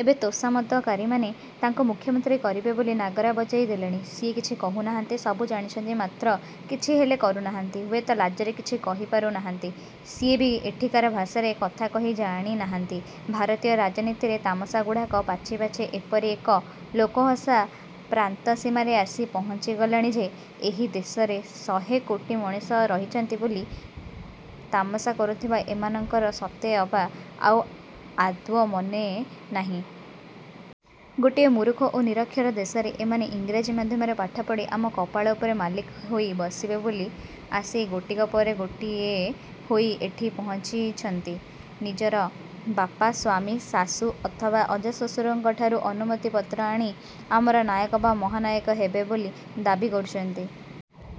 ଏବେ ତୋଷାମଦକାରୀମାନେ ତାଙ୍କୁ ମୁଖ୍ୟମନ୍ତ୍ରୀ କରିବେ ବୋଲି ନାଗରା ବଜାଇ ଦେଲେଣି। ସିଏ କିଛି କହୁନାହାନ୍ତି ସବୁ ଜାଣିଛନ୍ତି ମାତ୍ର କିଛି ହେଲେ କରୁନାହାନ୍ତି ହୁଏତ ଲାଜରେ କିଛି କହିପାରୁ ନାହାନ୍ତି। ସିଏ ବି ଏଠିକାର ଭାଷାରେ କଥାକହି ଜାଣିନାହାନ୍ତି। ଭାରତୀୟ ରାଜନୀତିରେ ତାମସାଗୁଡ଼ାକ ପାଚି ପାଚି ଏପରି ଏକ ଲୋକହସା ପ୍ରାନ୍ତସୀମାରେ ଆସି ପହଞ୍ଚି ଗଲାଣି ଯେ ଏହି ଦେଶରେ ଶହେ କୋଟି ମଣିଷ ରହିଛନ୍ତି ବୋଲି ତାମସା କରୁଥିବା ଏମାନଙ୍କର ସତେ ଅବା ଆଉ ଆଦୌ ମନେନାହିଁ। ଗୋଟିଏ ମୂରୁଖ ଓ ନିରକ୍ଷର ଦେଶରେ ଏମାନେ ଇଂରାଜୀ ମାଧ୍ୟମରେ ପାଠ ପଢି ଆମ କପାଳ ଉପରେ ମାଲିକ ହୋଇ ବସିବେ ବୋଲି ଆସି ଗୋଟିକ ପରେ ଗୋଟିଏ ହୋଇ ଏଠି ପହଞ୍ଚିଛନ୍ତି। ନିଜର ବାପା, ସ୍ୱାମୀ, ଶାଶୁ ଅଥବା ଅଜାଶ୍ୱଶୁରଙ୍କଠାରୁ ଅନୁମତିପତ୍ର ଆଣି ଆମର ନାୟକ ବା ମହାନାୟକ ହେବେ ବୋଲି ଦାବି କରୁଚନ୍ତି।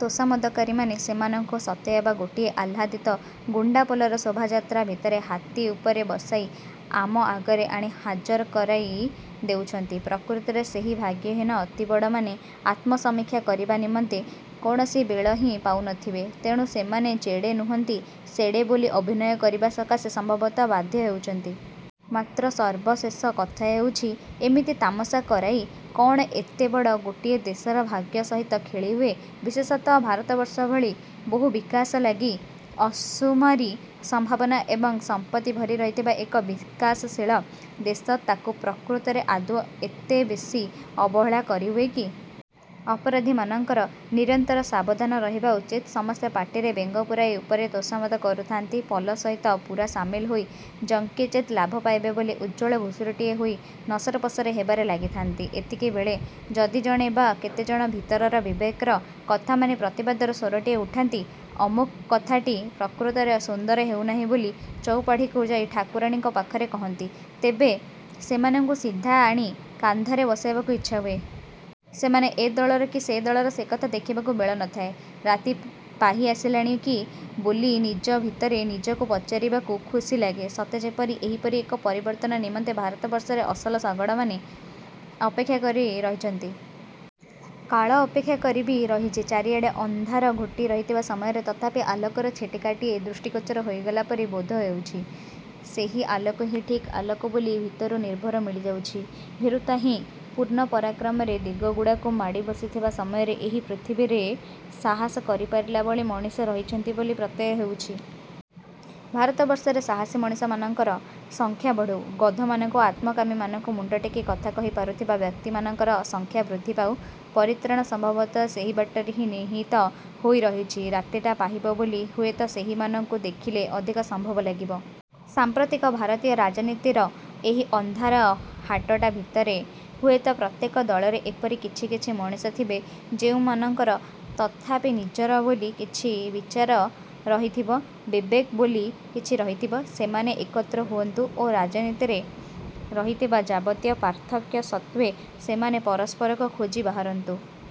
ତୋଷାମଦକାରୀମାନେ ସେମାନଙ୍କୁ ସତେଅବା ଗୋଟିଏ ଆହ୍ଲାଦିତ ଗୁଣ୍ଡାପଲର ଶୋଭାଯାତ୍ରା ଭିତରେ ହାତୀ ଉପରେ ବସାଇ ଆମ ଆଗରେ ଆଣି ହାଜର କରାଇ ଦେଉଛନ୍ତି। ପ୍ରକୃତରେ ସେହି ଭାଗ୍ୟହୀନ ଅତିବଡ଼ମାନେ ଆତ୍ମସମୀକ୍ଷା କରିବା ନିମନ୍ତେ କୌଣସି ବେଳ ହିଁ ପାଉନଥିବେ। ତେଣୁ ସେମାନେ ଯେଡ଼େ ନୁହନ୍ତି, ସେଡ଼େ ବୋଲି ଅଭିନୟ କରିବା ସକାଶେ ସମ୍ଭବତଃ ବାଧ୍ୟ ହେଉଛନ୍ତି। ମାତ୍ର ସର୍ବଶେଷ କଥା ହେଉଛି ଏମିତି ତାମସା କରାଇ କଣ ଏତେବଡ଼ ଗୋଟିଏ ଦେଶର ଭାଗ୍ୟ ସହିତ ଖେଳିହୁଏ? ବିଶେଷତଃ ଭାରତବର୍ଷ ଭଳି ବହୁ ବିକାଶଲାଗି ଅସୁମାରି ସମ୍ଭାବନା ଏବଂ ସମ୍ପତ୍ତି ଭରି ରହିଥିବା ଏକ ବିକାଶଶୀଳ ଦେଶ, ତାକୁ ପ୍ରକୃତରେ ଆଦୌ ଏତେବେଶୀ ଅବହେଳା କରିହୁଏ କି? ଅପରାଧୀମାନଙ୍କର ନିରନ୍ତର ସାବଧାନ ରହିବା ଉଚିତ। ସମସ୍ତେ ପାଟିରେ ବେଙ୍ଗ ପୂରାଇ ଉପରେ ତୋଷାମଦ କରୁଥାନ୍ତି, ପଲ ସହିତ ପୂରା ସାମିଲ ହୋଇ ଯତ୍କିଂଚିତ୍ ଲାଭ ପାଇବେ ବୋଲି ଉଜ୍ଜ୍ୱଳ ଘୁଷୁରିଟିଏ ହୋଇ ନସରପସର ହେବାରେ ଲାଗିଥାନ୍ତି, ଏତିକିବେଳେ ଯଦି ଜଣେ ବା କେତେଜଣ ଭିତରର ବିବେକର କଥାମାନି ପ୍ରତିବାଦର ସ୍ଵରଟିଏ ଉଠାନ୍ତି, ଅମୁକ କଥାଟା ପ୍ରକୃତରେ ସୁନ୍ଦର ହେଉନାହିଁ ବୋଲି ଚଉପାଢ଼ୀକୁ ଯାଇ ଠାକୁରାଣୀଙ୍କ ପାଖରେ କହନ୍ତି, ତେବେ ସେମାନଙ୍କୁ ସିଧାଆଣି କାନ୍ଧରେ ବସାଇବାକୁ ଇଚ୍ଛା ହୁଏ। ସେମାନେ ଏ ଦଳର କି ସେ ଦଳର ସେକଥା ଦେଖିବାକୁ ବେଳ ନଥାଏ। ରାତି ପାହି ଆସିଲାଣି କି ବୋଲି ନିଜ ଭିତରେ ନିଜକୁ ପଚାରିବାକୁ ଖୁସି ଲାଗେ। ସତେ ଯେପରି ଏହିପରି ଏକ ପରିବର୍ତ୍ତନ ନିମନ୍ତେ ଭାରତବର୍ଷରେ ଅସଲ ଶଗଡ଼ମାନେ ଅପେକ୍ଷା କରି ରହିଚନ୍ତି। କାଳ ଅପେକ୍ଷା କରି ବି ରହିଛି। ଚାରିଆଡ଼େ ଅନ୍ଧାର ଘୋଟି ରହିଥିବା ସମୟରେ ତଥାପି ଆଲୋକର ଛିଟିକାଟିଏ ଦୃଷ୍ଟିଗୋଚର ହୋଇଗଲା ପରି ବୋଧ ହେଉଛି। ସେହି ଆଲୋକ ହିଁ ଠିକ୍ ଆଲୋକ ବୋଲି ଭିତରୁ ନିର୍ଭର ମିଳିଯାଉଛି। ଭୀରୁତାହିଁ ପୂର୍ଣ୍ଣ ପରାକ୍ରମରେ ଦିଗଗୁଡ଼ାକୁ ମାଡ଼ି ବସିଥିବା ସମୟରେ ଏହି ପୃଥିବୀରେ ସାହସ କରିପାରିଲା ଭଳି ମଣିଷ ରହିଛନ୍ତି ବୋଲି ପ୍ରତ୍ୟୟ ହେଉଛି। ଭାରତବର୍ଷରେ ସାହସୀ ମଣିଷମାନଙ୍କର ସଂଖ୍ୟା ବଢୁ । ଗଧମାନଙ୍କୁ, ଆତ୍ମକାମୀମାନଙ୍କୁ ମୁଣ୍ଡ ଟେକି କଥା କହି ପାରୁଥିବା ବ୍ୟକ୍ତିମାନଙ୍କର ସଂଖ୍ୟା ବୃଦ୍ଧି ପାଉ। ପରିତ୍ରାଣ ସମ୍ଭବତଃ ସେହି ବାଟରେ ହିଁ ନିହିତ ହୋଇ ରହିଛି। ରାତିଟା ପାହିବ ବୋଲି ହୁଏତ ସେହିମାନଙ୍କୁ ଦେଖିଲେ ଅଧିକ ସମ୍ଭବ ଲାଗିବ। ସାଂପ୍ରତିକ ଭାରତୀୟ ରାଜନୀତିର ଏହି ଅନ୍ଧାର ହାଟଟା ଭିତରେ ହୁଏତ ପ୍ରତ୍ୟେକ ଦଳରେ ଏପରି କିଛି କିଛି ମଣିଷ ଥିବେ ଯେଉଁମାନଙ୍କର ତଥାପି ନିଜର ବୋଲି କିଛି ବିଚାର ରହିଥିବ, ବିବେକ ବୋଲି କିଛି ରହିଥିବ। ସେମାନେ ଏକତ୍ର ହୁଅନ୍ତୁ ଓ ରାଜନୀତିରେ ରହିଥିବା ଯାବତୀୟ ପାର୍ଥକ୍ୟ ସତ୍ତ୍ୱେ ସେମାନେ ପରସ୍ପରକୁ ଖୋଜି ବାହାରନ୍ତୁ ।